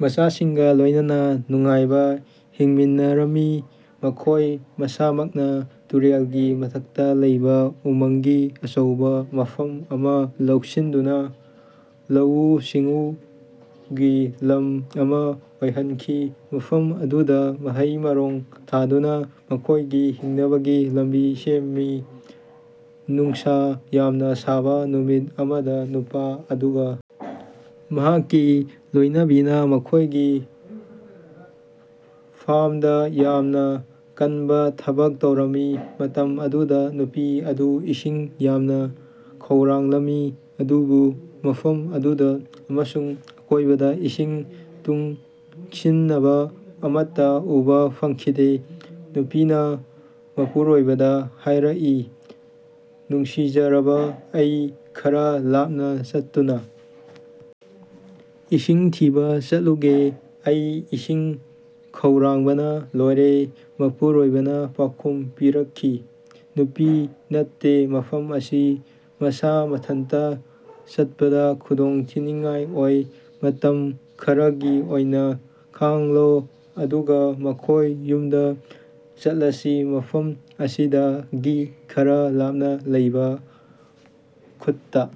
ꯃꯆꯥꯁꯤꯡꯒ ꯂꯣꯏꯅꯅ ꯅꯨꯡꯉꯥꯏꯅ ꯍꯤꯡꯃꯤꯟꯅꯔꯝꯃꯤ꯫ ꯃꯈꯣꯏ ꯃꯁꯥꯃꯛꯅ ꯇꯨꯔꯦꯜꯒꯤ ꯃꯊꯛꯇ ꯂꯩꯕ ꯎꯃꯪꯒꯤ ꯑꯆꯧꯕ ꯃꯐꯝ ꯑꯃ ꯂꯧꯁꯤꯟꯗꯨꯅꯥ ꯂꯧꯎ-ꯁꯤꯡꯎꯒꯤ ꯂꯝ ꯑꯃ ꯑꯣꯏꯍꯟꯈꯤ꯫ ꯃꯐꯝ ꯑꯗꯨꯗ ꯃꯍꯩ-ꯃꯔꯣꯡ ꯊꯥꯗꯨꯅ ꯃꯈꯣꯏꯒꯤ ꯍꯤꯡꯅꯕꯒꯤ ꯂꯝꯕꯤ ꯁꯦꯝꯃꯤ꯫ ꯅꯨꯡꯁꯥ ꯌꯥꯝꯅ ꯁꯥꯕ ꯅꯨꯃꯤꯠ ꯑꯃꯗ ꯅꯨꯄꯥ ꯑꯗꯨꯒ ꯃꯍꯥꯛꯀꯤ ꯂꯣꯏꯅꯕꯤꯅ ꯃꯈꯣꯏꯒꯤ ꯐꯥꯔ꯭ꯝꯗ ꯌꯥꯝꯅ ꯀꯟꯅ ꯊꯕꯛ ꯇꯧꯔꯝꯃꯤ꯫ ꯃꯇꯝ ꯑꯗꯨꯗ ꯅꯨꯄꯤ ꯑꯗꯨ ꯏꯁꯤꯡ ꯌꯥꯝꯅ ꯈꯧꯔꯥꯡꯂꯝꯃꯤ ꯑꯗꯨꯕꯨ ꯃꯐꯝ ꯑꯗꯨꯗ ꯑꯃꯁꯨꯡ ꯑꯀꯣꯏꯕꯗ ꯏꯁꯤꯡ ꯇꯨꯡꯁꯤꯅꯕꯥ ꯑꯃꯠꯇ ꯎꯕ ꯐꯪꯈꯤꯗꯦ꯫ ꯅꯨꯄꯤꯅ ꯃꯄꯨꯔꯣꯏꯕꯗ ꯍꯥꯌꯔꯛꯏ, "ꯅꯨꯡꯁꯤꯖꯔꯕ, ꯑꯩ ꯈꯔ ꯂꯥꯞꯅ ꯆꯠꯇꯨꯅ ꯏꯁꯤꯡ ꯊꯤꯕꯥ ꯆꯠꯂꯨꯒꯦ꯫ ꯑꯩ ꯏꯁꯤꯡ ꯈꯧꯔꯥꯡꯕꯅ ꯂꯣꯏꯔꯦ"꯫ ꯃꯄꯨꯔꯣꯏꯕꯅꯥ ꯄꯥꯎꯈꯨꯝ ꯄꯤꯔꯛꯈꯤ, "ꯅꯨꯄꯤ ꯅꯠꯇꯦ, ꯃꯐꯝ ꯑꯁꯤ ꯃꯁꯥ ꯃꯊꯟꯇꯥ ꯆꯠꯄꯗ ꯈꯨꯗꯣꯡꯊꯤꯅꯤꯡꯉꯥꯏ ꯑꯣꯏ꯫ ꯃꯇꯝ ꯈꯔꯒꯤ ꯑꯣꯏꯅ ꯈꯥꯡꯂꯣ ꯑꯗꯨꯒ ꯑꯩꯈꯣꯏ ꯌꯨꯝꯗ ꯆꯠꯂꯁꯤ꯫ ꯃꯐꯝ ꯑꯁꯤꯗꯒꯤ ꯈꯔ ꯂꯥꯞꯅ ꯂꯩꯕ ꯀꯨꯠꯇꯥ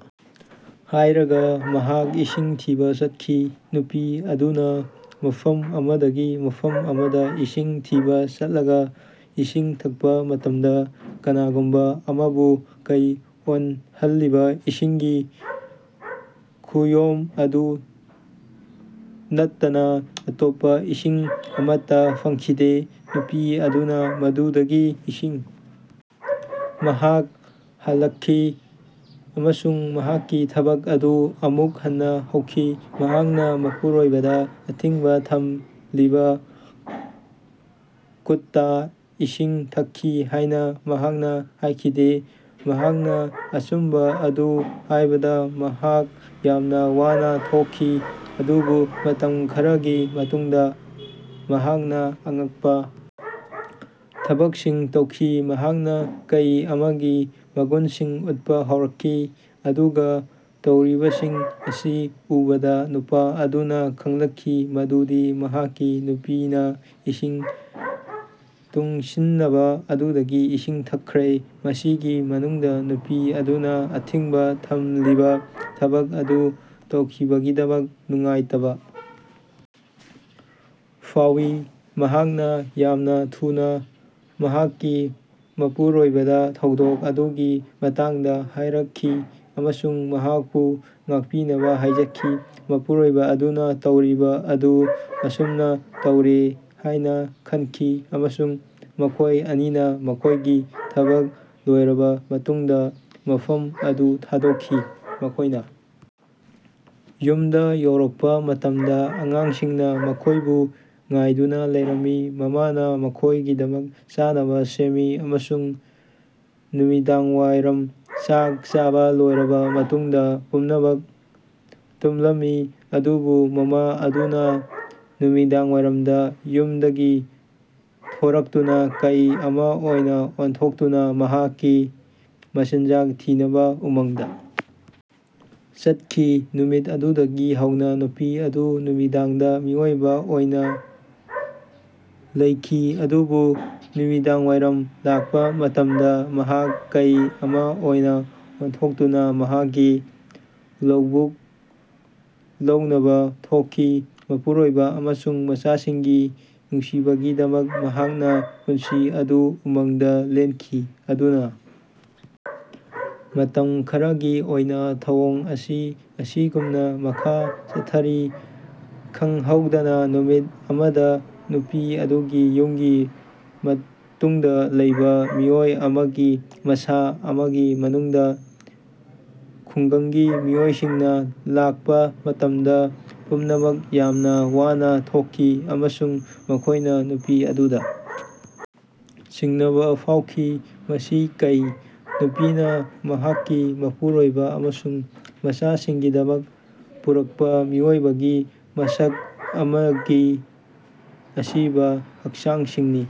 ꯍꯥꯢꯔꯒ ꯃꯍꯥꯛ ꯏꯁꯤꯡ ꯊꯤꯕ ꯆꯠꯈꯤ꯫ ꯅꯨꯄꯤ ꯑꯗꯨꯅ ꯃꯐꯝ ꯑꯃꯗꯒꯤ ꯃꯐꯝ ꯑꯃꯗ ꯏꯁꯤꯡ ꯊꯤꯕꯥ ꯆꯠꯂꯒ ꯏꯁꯤꯡ ꯊꯛꯄ ꯃꯇꯝꯗ ꯀꯅꯥꯒꯨꯝꯕ ꯑꯃꯕꯨ ꯀꯩ ꯑꯣꯏꯍꯜꯂꯤꯕ ꯏꯁꯤꯡꯒꯤ ꯀꯨꯌꯣꯝ ꯑꯗꯨ ꯅꯠꯇꯅ ꯑꯇꯣꯞꯄ ꯏꯁꯤꯡ ꯑꯃꯠꯇ ꯐꯪꯈꯤꯗꯦ꯫ ꯅꯨꯄꯤ ꯑꯗꯨꯅ ꯃꯗꯨꯗꯒꯤ ꯏꯁꯤꯡ ꯃꯍꯥꯛ ꯍꯜꯂꯛꯈꯤ ꯑꯃꯁꯨꯡ ꯃꯍꯥꯛꯀꯤ ꯊꯕꯛ ꯑꯗꯨ ꯑꯃꯨꯛ ꯍꯟꯅ ꯍꯧꯈꯤ꯫ ꯃꯍꯥꯛꯅ ꯃꯄꯨꯔꯣꯏꯕꯗ ꯑꯊꯤꯡꯕ ꯊꯝꯂꯤꯕ ꯀꯨꯠꯇꯥ ꯏꯁꯤꯡ ꯊꯛꯈꯤ ꯍꯥꯏꯅ ꯃꯍꯥꯛꯅ ꯍꯥꯏꯈꯤꯗꯦ꯫ ꯃꯍꯥꯛꯅ ꯑꯆꯨꯝꯕ ꯑꯗꯨ ꯍꯥꯏꯕꯗ ꯃꯍꯥꯛ ꯌꯥꯝꯅ ꯋꯥꯅ ꯊꯣꯛꯈꯤ꯫ ꯑꯗꯨꯕꯨ ꯃꯇꯝ ꯈꯔꯒꯤ ꯃꯇꯨꯡꯗ ꯃꯍꯥꯛꯅ ꯑꯉꯛꯄ ꯊꯕꯛꯁꯤꯡ ꯇꯧꯈꯤ꯫ ꯃꯍꯥꯛꯅ ꯀꯩ ꯑꯃꯒꯤ ꯃꯒꯨꯟꯁꯤꯡ ꯎꯠꯄ ꯍꯧꯔꯛꯈꯤ꯫ ꯑꯗꯨꯒ ꯇꯧꯔꯤꯕꯁꯤꯡ ꯑꯁꯤ ꯎꯕꯗ ꯅꯨꯄꯥ ꯑꯗꯨꯅ ꯈꯪꯂꯛꯈꯤ ꯃꯗꯨꯗꯤ ꯃꯍꯥꯛꯀꯤ ꯅꯨꯄꯤꯅ ꯏꯁꯤꯡ ꯇꯨꯡꯁꯤꯅꯕ ꯑꯗꯨꯗꯒꯤ ꯏꯁꯤꯡ ꯊꯛꯈ꯭ꯔꯦ꯫ ꯃꯁꯤꯒꯤ ꯃꯅꯨꯡꯗ ꯅꯨꯄꯤ ꯑꯗꯨꯅ ꯑꯊꯤꯡꯕ ꯊꯝꯂꯤꯕ ꯊꯕꯛ ꯑꯗꯨ ꯇꯧꯈꯤꯕꯒꯤꯗꯃꯛ ꯅꯨꯡꯉꯥꯏꯇꯕ ꯐꯥꯎꯏ꯫ ꯃꯍꯥꯛꯅ ꯌꯥꯝꯅ ꯊꯨꯅ ꯃꯍꯥꯛꯀꯤ ꯃꯄꯨꯔꯣꯏꯕꯗ ꯊꯧꯗꯣꯛ ꯑꯗꯨꯒꯤ ꯃꯇꯥꯡꯗ ꯍꯥꯏꯔꯛꯈꯤ ꯑꯃꯁꯨꯡ ꯃꯍꯥꯛꯄꯨ ꯉꯥꯛꯄꯤꯅꯕ ꯍꯥꯏꯖꯈꯤ꯫ ꯃꯄꯨꯔꯣꯏꯕ ꯑꯗꯨꯅ ꯇꯧꯔꯤꯕ ꯑꯗꯨ ꯑꯁꯨꯝꯅꯥ ꯇꯧꯔꯦ ꯍꯥꯏꯅ ꯈꯟꯈꯤ ꯑꯃꯁꯨꯡ ꯃꯈꯣꯏ ꯑꯅꯤꯅ ꯃꯈꯣꯏꯒꯤ ꯊꯕꯛ ꯂꯣꯏꯔꯕ ꯃꯇꯨꯡꯗ ꯃꯐꯝ ꯑꯗꯨ ꯊꯥꯗꯣꯛꯈꯤ꯫ ꯃꯈꯣꯏꯅ ꯌꯨꯝꯗ ꯌꯧꯔꯛꯄ ꯃꯇꯝꯗ ꯑꯉꯥꯡꯁꯤꯡꯅ ꯃꯈꯣꯏꯕꯨ ꯉꯥꯏꯗꯨꯅ ꯂꯩꯔꯝꯃꯤ꯫ ꯃꯃꯥꯅ ꯃꯈꯣꯏꯒꯤꯗꯃꯛ ꯆꯥꯅꯕ ꯁꯦꯝꯃꯤ ꯑꯃꯁꯨꯡ ꯅꯨꯃꯤꯗꯥꯡꯋꯥꯏꯔꯝ ꯆꯥꯛ ꯆꯥꯕ ꯂꯣꯏꯔꯕ ꯃꯇꯨꯡꯗꯥ ꯄꯨꯝꯅꯃꯛ ꯇꯨꯝꯂꯝꯃꯤ꯫ ꯑꯗꯨꯕꯨ ꯃꯃꯥ ꯑꯗꯨꯅ ꯅꯨꯃꯤꯗꯥꯡꯋꯥꯏꯔꯝꯗ ꯌꯨꯝꯗꯒꯤ ꯊꯣꯔꯛꯇꯨꯅ ꯀꯩ ꯑꯃ ꯑꯣꯏꯅ ꯑꯣꯟꯊꯣꯛꯇꯨꯅ ꯃꯍꯥꯛꯀꯤ ꯃꯆꯤꯟꯖꯥꯛ ꯊꯤꯅꯕ ꯎꯃꯪꯗ ꯆꯠꯈꯤ꯫ ꯅꯨꯃꯤꯠ ꯑꯗꯨꯗꯒꯤ ꯍꯧꯅꯥ ꯅꯨꯄꯤ ꯑꯗꯨ ꯅꯨꯃꯤꯗꯥꯡꯗ ꯃꯤꯑꯣꯏꯕ ꯑꯣꯏꯅ ꯂꯩꯈꯤ ꯑꯗꯨꯕꯨ ꯅꯨꯃꯤꯗꯥꯡꯋꯥꯏꯔꯝ ꯂꯥꯛꯄ ꯃꯇꯝꯗ ꯃꯍꯥꯛ ꯀꯩ ꯑꯃ ꯑꯣꯏꯅ ꯑꯣꯟꯊꯣꯛꯇꯨꯅ ꯃꯍꯥꯛꯀꯤ ꯂꯧꯕꯨꯛ ꯂꯧꯅꯕ ꯊꯣꯛꯈꯤ꯫ ꯃꯄꯨꯔꯣꯏꯕ ꯑꯃꯁꯨꯡ ꯃꯆꯥꯁꯤꯡꯒꯤ ꯅꯨꯡꯁꯤꯕꯒꯤꯗꯃꯛ ꯃꯍꯥꯛꯀꯤ ꯄꯨꯟꯁꯤ ꯑꯗꯨ ꯎꯃꯪꯗ ꯂꯦꯟꯈꯤ꯫ ꯑꯗꯨꯅ ꯃꯇꯝ ꯈꯔꯒꯤ ꯑꯣꯏꯅ ꯊꯧꯑꯣꯡ ꯑꯁꯤ ꯑꯁꯤꯒꯨꯝꯅ ꯃꯈꯥ ꯆꯠꯊꯔꯤ꯫ ꯈꯪꯍꯧꯗꯅ ꯅꯨꯃꯤꯠ ꯑꯃꯗ ꯅꯨꯄꯤ ꯑꯗꯨꯒꯤ ꯌꯨꯝꯒꯤ ꯃꯇꯨꯡꯗ ꯂꯩꯕ ꯃꯤꯑꯣꯏ ꯑꯃꯒꯤ ꯃꯁꯥ ꯑꯃꯒꯤ ꯃꯅꯨꯡꯗ ꯈꯨꯡꯒꯪꯒꯤ ꯃꯤꯑꯣꯏꯁꯤꯡꯅ ꯂꯥꯛꯄ ꯃꯇꯝꯗ ꯄꯨꯝꯅꯃꯛ ꯌꯥꯝꯅ ꯋꯥꯅ ꯊꯣꯛꯈꯤ ꯑꯃꯁꯨꯡ ꯃꯈꯣꯏꯅ ꯅꯨꯄꯤ ꯑꯗꯨꯗ ꯆꯤꯡꯅꯕ ꯐꯥꯎꯈꯤ꯫ ꯃꯁꯤ ꯀꯩ - ꯅꯨꯄꯤꯅ ꯃꯍꯥꯛꯀꯤ ꯃꯄꯨꯔꯣꯏꯕ ꯑꯃꯁꯨꯡ ꯃꯆꯥꯁꯤꯡꯒꯤꯗꯃꯛ ꯄꯨꯔꯛꯄ ꯃꯤꯑꯣꯏꯕꯒꯤ ꯃꯁꯛ ꯑꯃꯒꯤ ꯑꯁꯤꯕꯥ ꯍꯛꯆꯥꯡꯁꯤꯡꯅꯤ꯫